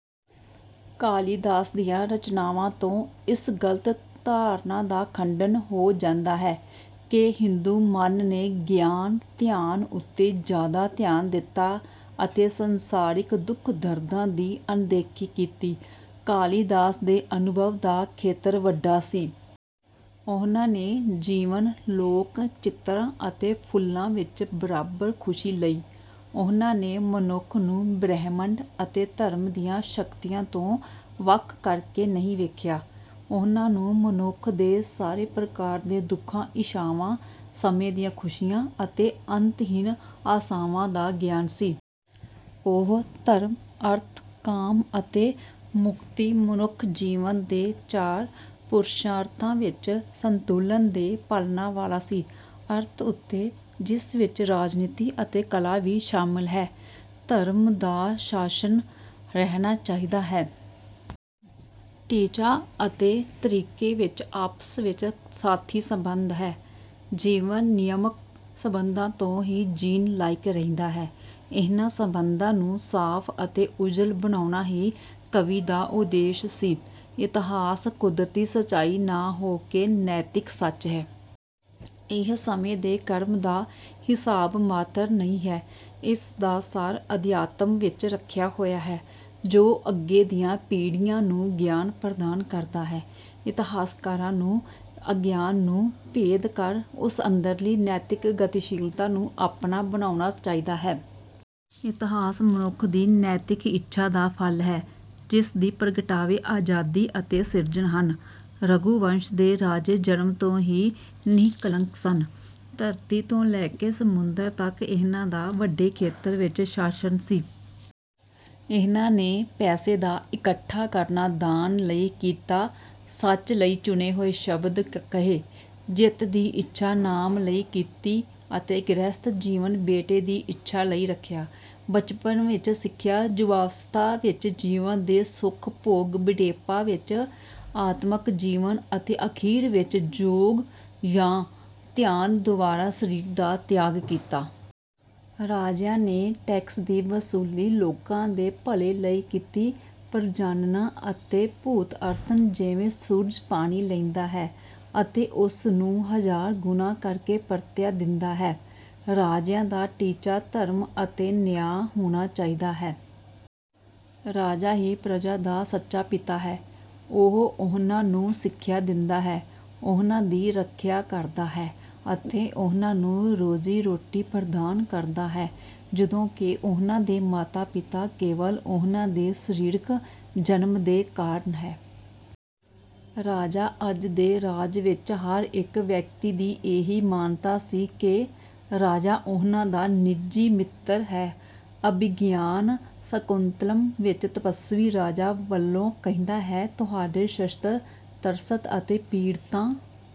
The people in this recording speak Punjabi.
ਕਾਲੀਦਾਸ ਦੀਆਂ ਰਚਨਾਵਾਂ ਤੋਂ ਇਸ ਗਲਤ ਧਾਰਨਾ ਦਾ ਖੰਡਨ ਹੋ ਜਾਂਦਾ ਹੈ ਕਿ ਹਿੰਦੂ ਮਨ ਨੇ ਗਿਆਨ ਧਿਆਨ ਉੱਤੇ ਜਿਆਦਾ ਧਿਆਨ ਦਿੱਤਾ ਅਤੇ ਸੰਸਾਰਿਕ ਦੁੱਖ ਦਰਦਾਂ ਦੀ ਅਣਦੇਖੀ ਕੀਤੀ। ਕਾਲੀਦਾਸ ਦੇ ਅਨੁਭਵ ਦਾ ਖੇਤਰ ਵੱਡਾ ਸੀ। ਉਨ੍ਹਾਂ ਨੇ ਜੀਵਨ ਲੋਕ ਚਿਤਰਾਂ ਅਤੇ ਫੁੱਲਾਂ ਵਿੱਚ ਬਰਾਬਰ ਖੁਸ਼ੀ ਲਈ। ਉਨ੍ਹਾਂ ਨੇ ਮਨੁੱਖ ਨੂੰ ਬ੍ਰਹਿਮੰਡ ਅਤੇ ਧਰਮ ਦੀਆਂ ਸ਼ਕਤੀਆਂ ਤੋਂ ਵੱਖ ਕਰਕੇ ਨਹੀਂ ਵੇਖਿਆ। ਉਨ੍ਹਾਂ ਨੂੰ ਮਨੁੱਖ ਦੇ ਸਾਰੇ ਪ੍ਰਕਾਰ ਦੇ ਦੁਖਾਂ ਇੱਛਾਵਾਂ ਸਮੇਂ ਦੀਆਂ ਖੁਸ਼ੀਆਂ ਅਤੇ ਅੰਤਹੀਨ ਆਸਾਵਾਂ ਦਾ ਗਿਆਨ ਸੀ। ਉਹ ਧਰਮ ਅਰਥ ਕਾਮ ਅਤੇ ਮੁਕਤੀ ਮਨੁੱਖ ਜੀਵਨ ਦੇ ਚਾਰ ਪੁਰੁਸ਼ਾਰਥਾਂ ਵਿੱਚ ਸੰਤੁਲਨ ਦੇ ਪਾਲਣ ਵਾਲਾ ਸੀ। ਅਰਥ ਉੱਤੇ ਜਿਸ ਵਿੱਚ ਰਾਜਨੀਤੀ ਅਤੇ ਕਲਾ ਵੀ ਸ਼ਾਮਿਲ ਹੈ ਧਰਮ ਦਾ ਸ਼ਾਸਨ ਰਹਿਣਾ ਚਾਹੀਦਾ ਹੈ। ਟੀਚਾ ਅਤੇ ਤਰੀਕੇ ਵਿੱਚ ਆਪਸ ਵਿੱਚ ਸਾਥੀ ਸੰਬੰਧ ਹੈ। ਜੀਵਨ ਨਿਯਮਕ ਸਬੰਧਾਂ ਤੋਂ ਹੀ ਜੀਣ ਲਾਇਕ ਰਹਿੰਦਾ ਹੈ। ਇਨ੍ਹਾਂ ਸਬੰਧਾਂ ਨੂੰ ਸਾਫ ਅਤੇ ਉੱਜਲ ਬਣਾਉਣਾ ਹੀ ਕਵੀ ਦਾ ਉਦੇਸ਼ ਸੀ। ਇਤਹਾਸ ਕੁਦਰਤੀ ਸਚਾਈ ਨਾ ਹੋਕੇ ਨੈਤਿਕ ਸੱਚ ਹੈ। ਇਹ ਸਮੇਂ ਦੇ ਕ੍ਰਮ ਦਾ ਹਿਸਾਬ ਮਾਤਰ ਨਹੀਂ ਹੈ। ਇਸਦਾ ਸਾਰ ਅਧਿਆਤਮ ਵਿੱਚ ਰਖਿਆ ਹੋਇਆ ਹੈ ਜੋ ਅੱਗੇ ਦੀਆਂ ਪੀੜੀਆਂ ਨੂੰ ਗਿਆਨ ਪ੍ਰਦਾਨ ਕਰਦਾ ਹੈ। ਇਤਿਹਾਸਕਾਰਾਂ ਨੂੰ ਅਗਿਆਨ ਨੂੰ ਭੇਦ ਕਰ ਉਸ ਅੰਦਰਲੀ ਨੈਤਿਕ ਗਤੀਸ਼ੀਲਤਾ ਨੂੰ ਆਪਣਾ ਬਣਾਉਣਾ ਚਾਹੀਦਾ ਹੈ। ਇਤਹਾਸ ਮਨੁੱਖ ਦੀ ਨੈਤਿਕ ਇੱਛਾ ਦਾ ਫਲ ਹੈ ਜਿਸਦੀ ਪ੍ਰਗਟਾਵੇ ਆਜ਼ਾਦੀ ਅਤੇ ਸਿਰਜਣ ਹਨ। ਰਘੂਵੰਸ਼ ਦੇ ਰਾਜੇ ਜਨਮ ਤੋਂ ਹੀ ਨਿਹਕਲੰਕ ਸਨ। ਧਰਤੀ ਤੋਂ ਲੈ ਕੇ ਸਮੁੰਦਰ ਤੱਕ ਇਨ੍ਹਾਂ ਦਾ ਵੱਡੇ ਖੇਤਰ ਵਿੱਚ ਸ਼ਾਸਨ ਸੀ। ਇਨ੍ਹਾਂ ਨੇ ਪੈਸੇ ਦਾ ਇਕੱਠਾ ਕਰਨਾ ਦਾਨ ਲਈ ਕੀਤਾ ਸੱਚ ਲਈ ਚੁਣੇ ਹੋਏ ਸ਼ਬਦ ਕਹੇ ਜਿੱਤ ਦੀ ਇੱਛਾ ਨਾਮ ਲਈ ਕੀਤੀ ਅਤੇ ਗ੍ਰਹਸਥ ਜੀਵਨ ਬੇਟੇ ਦੀ ਇੱਛਾ ਲਈ ਰੱਖਿਆ। ਬਚਪਨ ਵਿੱਚ ਸਿੱਖਿਆ ਯੁਵਾਵਸਥਾ ਵਿੱਚ ਜੀਵਨ ਦੇ ਸੁਖ ਭੋਗ ਬੁਢੇਪਾ ਵਿੱਚ ਆਤਮਕ ਜੀਵਨ ਅਤੇ ਅਖੀਰ ਵਿੱਚ ਯੋਗ ਯਾਂ ਧਿਆਨ ਦੁਆਰਾ ਸਰੀਰ ਦਾ ਤਿਆਗ ਕੀਤਾ। ਰਾਜਿਆਂ ਨੇ ਟੈਕਸ ਦੀ ਵਸੂਲੀ ਲੋਕਾਂ ਦੇ ਭਲੇ ਲਈ ਕੀਤੀ ਪ੍ਰਜਾਨਾੰ ਅਤੇ ਭੂਤਿਆਰਥੰ ਜਿਵੇਂ ਸੂਰਜ ਪਾਣੀ ਲੈਂਦਾ ਹੈ ਅਤੇ ਉਸਨੂੰ ਹਜ਼ਾਰ ਗੁਣਾ ਕਰਕੇ ਪਰਤਿਆ ਦਿੰਦਾ ਹੈ। ਰਾਜਿਆਂ ਦਾ ਟੀਚਾ ਧਰਮ ਅਤੇ ਨਿਆਂ ਹੋਣਾ ਚਾਹੀਦਾ ਹੈ। ਰਾਜਾ ਹੀ ਪ੍ਰਜਾ ਦਾ ਸੱਚਾ ਪਿਤਾ ਹੈ ਉਹ ਉਨ੍ਹਾਂਨੂੰ ਸਿੱਖਿਆ ਦਿੰਦਾ ਹੈ ਉਨ੍ਹਾਂ ਦੀ ਰੱਖਿਆ ਕਰਦਾ ਹੈ ਅਤੇ ਉਨ੍ਹਾਂਨੂੰ ਰੋਜ਼ੀ ਰੋਟੀ ਪ੍ਰਦਾਨ ਕਰਦਾ ਹੈ ਜਦੋਂ ਕਿ ਉਨ੍ਹਾਂ ਦੇ ਮਾਤਾ ਪਿਤਾ ਕੇਵਲ ਉਨ੍ਹਾਂ ਦੇ ਸਰੀਰਕ ਜਨਮ ਦੇ ਕਾਰਨ ਹੈ। ਰਾਜਾ ਅਜ ਦੇ ਰਾਜ ਵਿੱਚ ਹਰ ਇੱਕ ਵਿਅਕਤੀ ਦੀ ਇਹੀ ਮਾਨਤਾ ਸੀ ਕਿ ਰਾਜਾ ਉਨ੍ਹਾਂ ਦਾ ਨਿੱਜੀ ਮਿੱਤਰ ਹੈ। ਅਭਿਗਿਆਨ ਸ਼ਾਕੁੰਤਲਮ ਵਿੱਚ ਤਪੱਸਵੀ ਰਾਜਾ ਵਲੋਂ ਕਹਿੰਦਾ ਹੈ ਤੁਹਾਡੇ ਸ਼ਸਤਰ ਤਰਸਤ ਅਤੇ ਪੀੜੀਤਾਂ